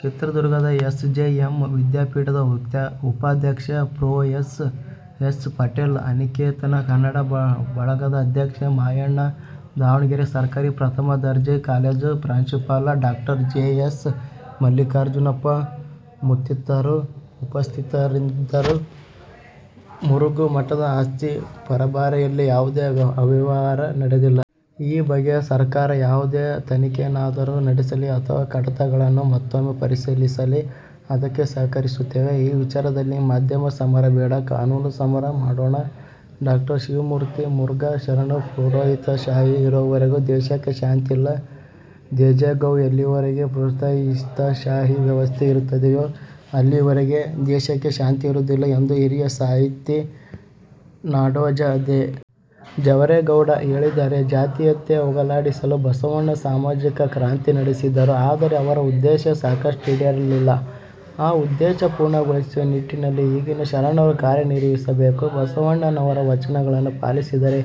ಚಿತ್ರದುರ್ಗದ S. J. M. ವಿದ್ಯಾಪೀಠದ ಉಪಾಧ್ಯಕ್ಷ ಪ್ರೊ. ಎಸ್. ಎಚ್. ಪಟೇಲ್, ಅನಿಕೇತನ ಕನ್ನಡ ಬಳಗದ ಅಧ್ಯಕ್ಷ ಮಾಯಣ್ಣ, ದಾವಣಗೆರೆ ಸರ್ಕಾರಿ ಪ್ರಥಮದರ್ಜೆ ಕಾಲೇಜು ಪ್ರಾಂಶುಪಾಲ ಡಾ. ಜಿ. ಎಸ್. ಮಲ್ಲಿಕಾರ್ಜುನಪ್ಪ ಮತ್ತಿತರರು ಉಪಸ್ಥಿತರಿದ್ದರು. ಮುರುಘಾ ಮಠದ ಆಸ್ತಿ ಪರಭಾರೆಯಲ್ಲಿ ಯಾವುದೇ ಅವ್ಯವಹಾರ ನಡೆದಿಲ್ಲ. ಈ ಬಗ್ಗೆ ಸರ್ಕಾರ ಯಾವುದೇ ತನಿಖೆಯನ್ನಾದರೂ ನಡೆಸಲಿ. ಅಥವಾ ಕಡತಗಳನ್ನು ಮತ್ತೂಮ್ಮೆ ಪರಿಶೀಲಿಸಲಿ. ಅದಕ್ಕೆ ಸಹಕರಿಸುತ್ತೇವೆ. ಈ ವಿಚಾರದಲ್ಲಿ ಮಾಧ್ಯಮ ಸಮರ ಬೇಡ, ಕಾನೂನು ಸಮರ ಮಾಡೋಣ. ಡಾ. ಶಿವಮೂರ್ತಿ ಮುರಘಾ ಶರಣರು ಪುರೋಹಿತಶಾಹಿ ಇರೋವರೆಗೂ ದೇಶಕ್ಕೆ ಶಾಂತಿ ಇಲ್ಲ: ದೇಜಗೌ ಎಲ್ಲಿಯವರೆಗೆ ಪುರೋಹಿತಶಾಹಿ ವ್ಯವಸ್ಥೆ ಇರುತ್ತದೆಯೋ ಅಲ್ಲಿಯವರೆಗೆ ದೇಶಕ್ಕೆ ಶಾಂತಿ ಇರುವುದಿಲ್ಲ ಎಂದು ಹಿರಿಯ ಸಾಹಿತಿ ನಾಡೋಜ ದೇ. ಜವರೇಗೌಡ ಹೇಳಿದ್ದಾರೆ. ಜಾತೀಯತೆ ಹೋಗಲಾಡಿಸಲು ಬಸವಣ್ಣ ಸಾಮಾಜಿಕ ಕ್ರಾಂತಿ ನಡೆಸಿದರು. ಆದರೆ ಅವರ ಉದ್ದೇಶ ಸಾಕಷ್ಟು ಈಡೇರಲಿಲ್ಲ. ಆ ಉದ್ದೇಶ ಪೂರ್ಣಗೊಳಿಸುವ ನಿಟ್ಟಿನಲ್ಲಿ ಈಗಿನ ಶರಣರು ಕಾರ್ಯನಿರ್ವಹಿಸಬೇಕು. ಬಸವಣ್ಣನವರ ವಚನಗಳನ್ನು ಪಾಲಿಸಿದರೆ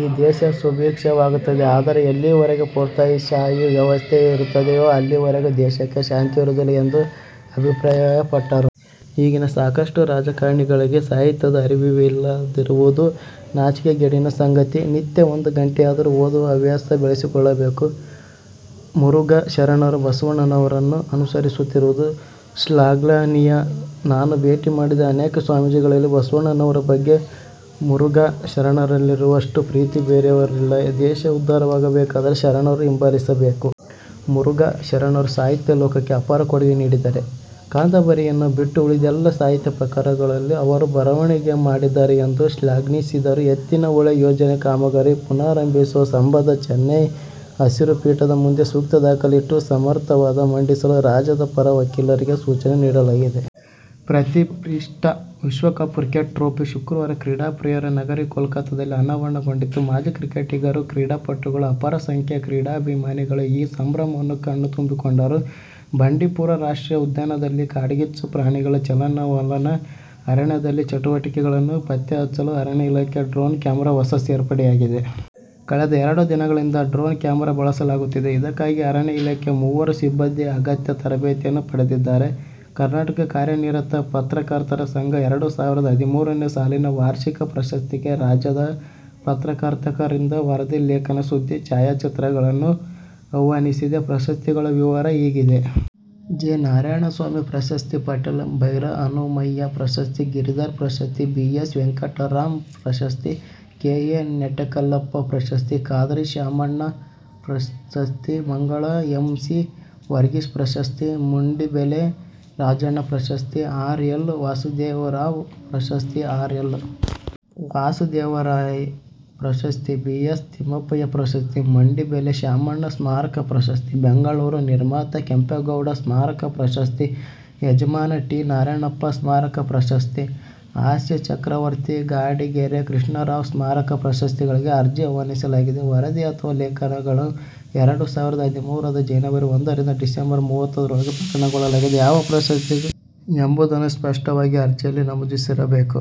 ಈ ದೇಶ ಸುಭಿಕ್ಷವಾಗುತ್ತದೆ. ಆದರೆ ಎಲ್ಲಿಯವರೆಗೆ ಪುರೋಹಿತಶಾಹಿ ವ್ಯವಸ್ಥೆ ಇರುತ್ತದೆಯೋ ಅಲ್ಲಿಯವರೆಗೆ ದೇಶಕ್ಕೆ ಶಾಂತಿ ಇರುವುದಿಲ್ಲ ಎಂದು ಅಭಿಪ್ರಾಯಪಟ್ಟರು. ಈಗಿನ ಸಾಕಷ್ಟು ರಾಜಕಾರಣಿಗಳಿಗೆ ಸಾಹಿತ್ಯದ ಅರಿವಿಲ್ಲದಿರುವುದು ನಾಚಿಕೆಗೇಡಿನ ಸಂಗತಿ. ನಿತ್ಯ ಒಂದು ಗಂಟೆಯಾದರೂ ಓದುವ ಹವ್ಯಾಸ ಬೆಳೆಸಿಕೊಳ್ಳಬೇಕು. ಮುರುಘಾ ಶರಣರು ಬಸವಣ್ಣನವರನ್ನು ಅನುಸರಿಸುತ್ತಿರುವುದು ಶ್ಲಾಘನೀಯ. ನಾನು ಭೇಟಿ ಮಾಡಿದ ಅನೇಕ ಸ್ವಾಮೀಜಿಗಳಲ್ಲಿ ಬಸವಣ್ಣನವರ ಬಗ್ಗೆ ಮುರುಘಾ ಶರಣರಲ್ಲಿರುವಷ್ಟು ಪ್ರೀತಿ ಬೇರೆಯವರಲ್ಲಿಲ್ಲ. ದೇಶ ಉದ್ಧಾರವಾಗಬೇಕಾದರೆ ಶರಣರನ್ನು ಹಿಂಬಾಲಿಸಬೇಕು. ಮುರುಘಾ ಶರಣರು ಸಾಹಿತ್ಯ ಲೋಕಕ್ಕೆ ಅಪಾರ ಕೊಡುಗೆ ನೀಡಿದ್ದಾರೆ. ಕಾದಂಬರಿಯನ್ನು ಬಿಟ್ಟು ಉಳಿದೆಲ್ಲಾ ಸಾಹಿತ್ಯ ಪ್ರಕಾರಗಳಲ್ಲೂ ಅವರು ಬರವಣಿಗೆ ಮಾಡಿದ್ದಾರೆ ಎಂದು ಶ್ಲಾಘಿಸಿದರು. ಎತ್ತಿನಹೊಳೆ ಯೋಜನೆ ಕಾಮಗಾರಿ ಪುನಾರಂಭಿಸುವ ಸಂಬಂಧ ಚೆನ್ನೈ ಹಸಿರು ಪೀಠದ ಮುಂದೆ ಸೂಕ್ತ ದಾಖಲೆ ಇಟ್ಟು ಸಮರ್ಥ ವಾದ ಮಂಡಿಸಲು ರಾಜ್ಯದ ಪರ ವಕೀಲರಿಗೆ ಸೂಚನೆ ನೀಡಲಾಗಿದೆ. ಪ್ರತಿಷ್ಠಿತ ವಿಶ್ವಕಪ್ ಕ್ರಿಕೆಟ್ ಟ್ರೋಫಿ ಶುಕ್ರವಾರ ಕ್ರೀಡಾಪ್ರಿಯರ ನಗರಿ ಕೋಲ್ಕತಾದಲ್ಲಿ ಅನಾವರಣಗೊಂಡಿತು. ಮಾಜಿ ಕ್ರಿಕೆಟಿಗರು, ಕ್ರೀಡಾಪಟುಗಳು, ಅಪಾರ ಸಂಖ್ಯೆಯ ಕ್ರೀಡಾಭಿಮಾನಿಗಳು ಈ ಸಂಭ್ರಮವನ್ನು ಕಣ್ತುಂಬಿಕೊಂಡರು. ಬಂಡೀಪುರ ರಾಷ್ಟ್ರೀಯ ಉದ್ಯಾನದಲ್ಲಿ ಕಾಡ್ಗಿಚ್ಚು, ಪ್ರಾಣಿಗಳ ಚಲನವಲನ, ಅರಣ್ಯದಲ್ಲಿನ ಚಟುವಟಿಕೆಗಳನ್ನು ಪತ್ತೆ ಹಚ್ಚಲು ಅರಣ್ಯ ಇಲಾಖೆ ಡ್ರೋನ್ ಕ್ಯಾಮರಾ ಹೊಸ ಸೇರ್ಪಡೆಯಾಗಿದೆ. ಕಳೆದ ಎರಡು ದಿನಗಳಿಂದ ಡ್ರೋನ್ ಕ್ಯಾಮರಾ ಬಳಸಲಾಗುತ್ತಿದೆ ಇದಕ್ಕಾಗಿ ಅರಣ್ಯ ಇಲಾಖೆಯ ಮೂವರು ಸಿಬ್ಬಂದಿ ಅಗತ್ಯ ತರಬೇತಿಯನ್ನೂ ಪಡೆದಿದ್ದಾರೆ. ಕರ್ನಾಟಕ ಕಾರ್ಯನಿರತ ಪತ್ರಕರ್ತರ ಸಂಘ ಎರಡು ಸಾವಿರದ ಹದಿಮೂರನೇ ಸಾಲಿನ ವಾರ್ಷಿಕ ಪ್ರಶಸ್ತಿಗೆ ರಾಜ್ಯದ ಪತ್ರಕರ್ತರಿಂದ ವರದಿ ಲೇಖನ ಸುದ್ದಿ ಛಾಯಾಚಿತ್ರಗಳನ್ನು ಆಹ್ವಾನಿಸಿದೆ ಪ್ರಶಸ್ತಿಗಳ ವಿವರ ಹೀಗಿದೆ. ಜಿ. ನಾರಾಯಣಸ್ವಾಮಿ ಪ್ರಶಸ್ತಿ, ಪಟೇಲ್ ಭೈರಹನುಮಯ್ಯ ಪ್ರಶಸ್ತಿ, ಗಿರಿಧರ್ ಪ್ರಶಸ್ತಿ, ಬಿ. ಎಸ್. ವೆಂಕಟರಾಂ ಪ್ರಶಸ್ತಿ, ಕೆ. ಎ. ನೆಟ್ಟಕಲ್ಲಪ್ಪ ಪ್ರಶಸ್ತಿ, ಖಾದ್ರಿ ಶಾಮಣ್ಣ ಪ್ರಶಸ್ತಿ, ಮಂಗಳ ಎಂ. ಸಿ. ವರ್ಗೀಸ್ ಪ್ರಶಸ್ತಿ, ಮಂಡಿಬೆಲೆ ರಾಜಣ್ಣ ಪ್ರಶಸ್ತಿ, ಆರ್. ಎಲ್. ವಾಸುದೇವರಾವ್ ಪ್ರಶಸ್ತಿ, ಆರ್. ಎಲ್. ವಾಸುದೇವರಾವ್ ಪ್ರಶಸ್ತಿ, ಬಿ. ಜಿ. ತಿಮ್ಮಪ್ಪಯ್ಯ ಪ್ರಶಸ್ತಿ, ಮಂಡಿಬೆಲೆ ಶಾಮಣ್ಣ ಸ್ಮಾರಕ ಪ್ರಶಸ್ತಿ, ಬೆಂಗಳೂರು ನಿರ್ಮಾತೃ ಕೆಂಪೇಗೌಡ ಸ್ಮಾರಕ ಪ್ರಶಸ್ತಿ, ಯಜಮಾನ್ ಟಿ. ನಾರಾಯಣಪ್ಪ ಸ್ಮಾರಕ ಪ್ರಶಸ್ತಿ, ಹಾಸ್ಯ ಚಕ್ರವರ್ತಿ ನಾಡಿಗೇರ ಕೃಷ್ಣರಾವ್ ಸ್ಮಾರಕ ಪ್ರಶಸ್ತಿಗಳಿಗೆ ಅರ್ಜಿ ಆಹ್ವಾನಿಸಲಾಗಿದೆ. ವರದಿ ಅಥವಾ ಲೇಖನಗಳು ಎರಡು ಸಾವಿರದ ಹದಿಮೂರರ ಜನವರಿ ಒಂದುರಿಂದ ಡಿಸಂಬರ್ ಮೂವತ್ತೊಂದರೊಳಗೆ ಪ್ರಕಟವಾಗಿರಬೇಕು ಯಾವ ಪ್ರಶಸ್ತಿಗೆ ಎಂಬುದನ್ನು ಸ್ಪಷ್ಟವಾಗಿ ಅರ್ಜಿಯಲ್ಲಿ ನಮೂದಿಸಿರಬೇಕು.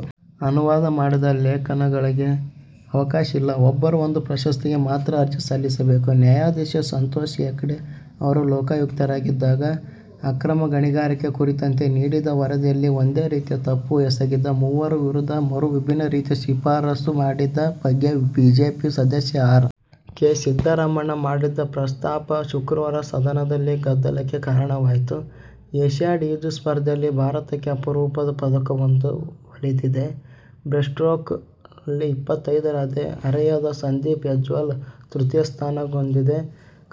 ಅನುವಾದ ಮಾಡಿದ ಲೇಖನಗಳಿಗೆ ಅವಕಾಶ ಇಲ್ಲ. ಒಬ್ಬರು ಒಂದು ಪ್ರಶಸ್ತಿಗೆ ಮಾತ್ರ ಅರ್ಜಿ ಸಲ್ಲಿಸಬೇಕು. ನ್ಯಾಯಾಧೀಶ. ಸಂತೋಷ್ ಹೆಗ್ಡೆ ಅವರು ಲೋಕಾಯುಕ್ತರಾಗಿದ್ದಾಗ ಅಕ್ರಮ ಗಣಿಗಾರಿಕೆ ಕುರಿತಂತೆ ನೀಡಿದ್ದ ವರದಿಯಲ್ಲಿ ಒಂದೇ ರೀತಿಯ ತಪ್ಪು ಎಸಗಿದ ಮೂವರ ವಿರುದ್ಧ ಮೂರು ವಿಭಿನ್ನ ರೀತಿಯ ಶಿಫಾರಸು ಮಾಡಿದ್ದ ಬಗ್ಗೆ ಬಿಜೆಪಿ ಸದಸ್ಯ ಆರ್. ಕೆ. ಸಿದ್ದರಾಮಣ್ಣ ಮಾಡಿದ ಪ್ರಸ್ತಾಪ ಶುಕ್ರವಾರ ಸದನದಲ್ಲಿ ಗದ್ದಲಕ್ಕೆ ಕಾರಣವಾಯಿತು. ಏಷ್ಯಾಡ್ ಈಜು ಸ್ಪರ್ಧೆಯಲ್ಲಿ ಭಾರತಕ್ಕೆ ಅಪರೂಪದ ಪದಕವೊಂದು ಒಲಿದಿದೆ. ಬ್ರೆಸ್ಟ್ಸ್ಟ್ರೋಕ್ನಲ್ಲಿ ಇಪ್ಪತ್ತೈದರ ಹರೆಯದ ಸಂದೀಪ್ ಸೆಜ್ವಾಲ್ ತೃತೀಯ ಸ್ಥಾನದೊಂದಿಗೆ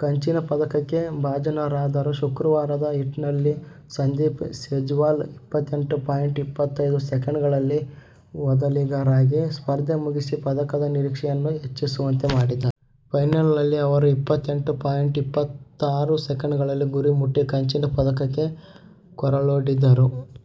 ಕಂಚಿನ ಪದಕಕ್ಕೆ ಭಾಜನರಾದರು ಶುಕ್ರವಾರದ ಹೀಟ್ಸ್ನಲ್ಲಿ ಸಂದೀಪ್ ಸೆಜ್ವಾಲ್ ಇಪ್ಪತ್ತೆಂಟು ಪಾಯಿಂಟ್ ಇಪ್ಪತ್ತೈದು ಸೆಕೆಂಡ್ಗಳಲ್ಲಿ ಮೊದಲಿಗರಾಗಿ ಸ್ಪರ್ಧೆ ಮುಗಿಸಿ ಪದಕದ ನಿರೀಕ್ಷೆಯನ್ನು ಹೆಚ್ಚಿಸುವಂತೆ ಮಾಡಿದ್ದರು. ಫೈನಲ್ನಲ್ಲಿ ಅವರು ಇಪ್ಪತ್ತೆಂಟು ಪಾಯಿಂಟ್ ಇಪ್ಪತ್ತಾರು ಸೆಕೆಂಡ್ಗಳಲ್ಲಿ ಗುರಿ ಮುಟ್ಟಿ ಕಂಚಿನ ಪದಕಕ್ಕೆ ಕೊರಳೊಡ್ಡಿದರು.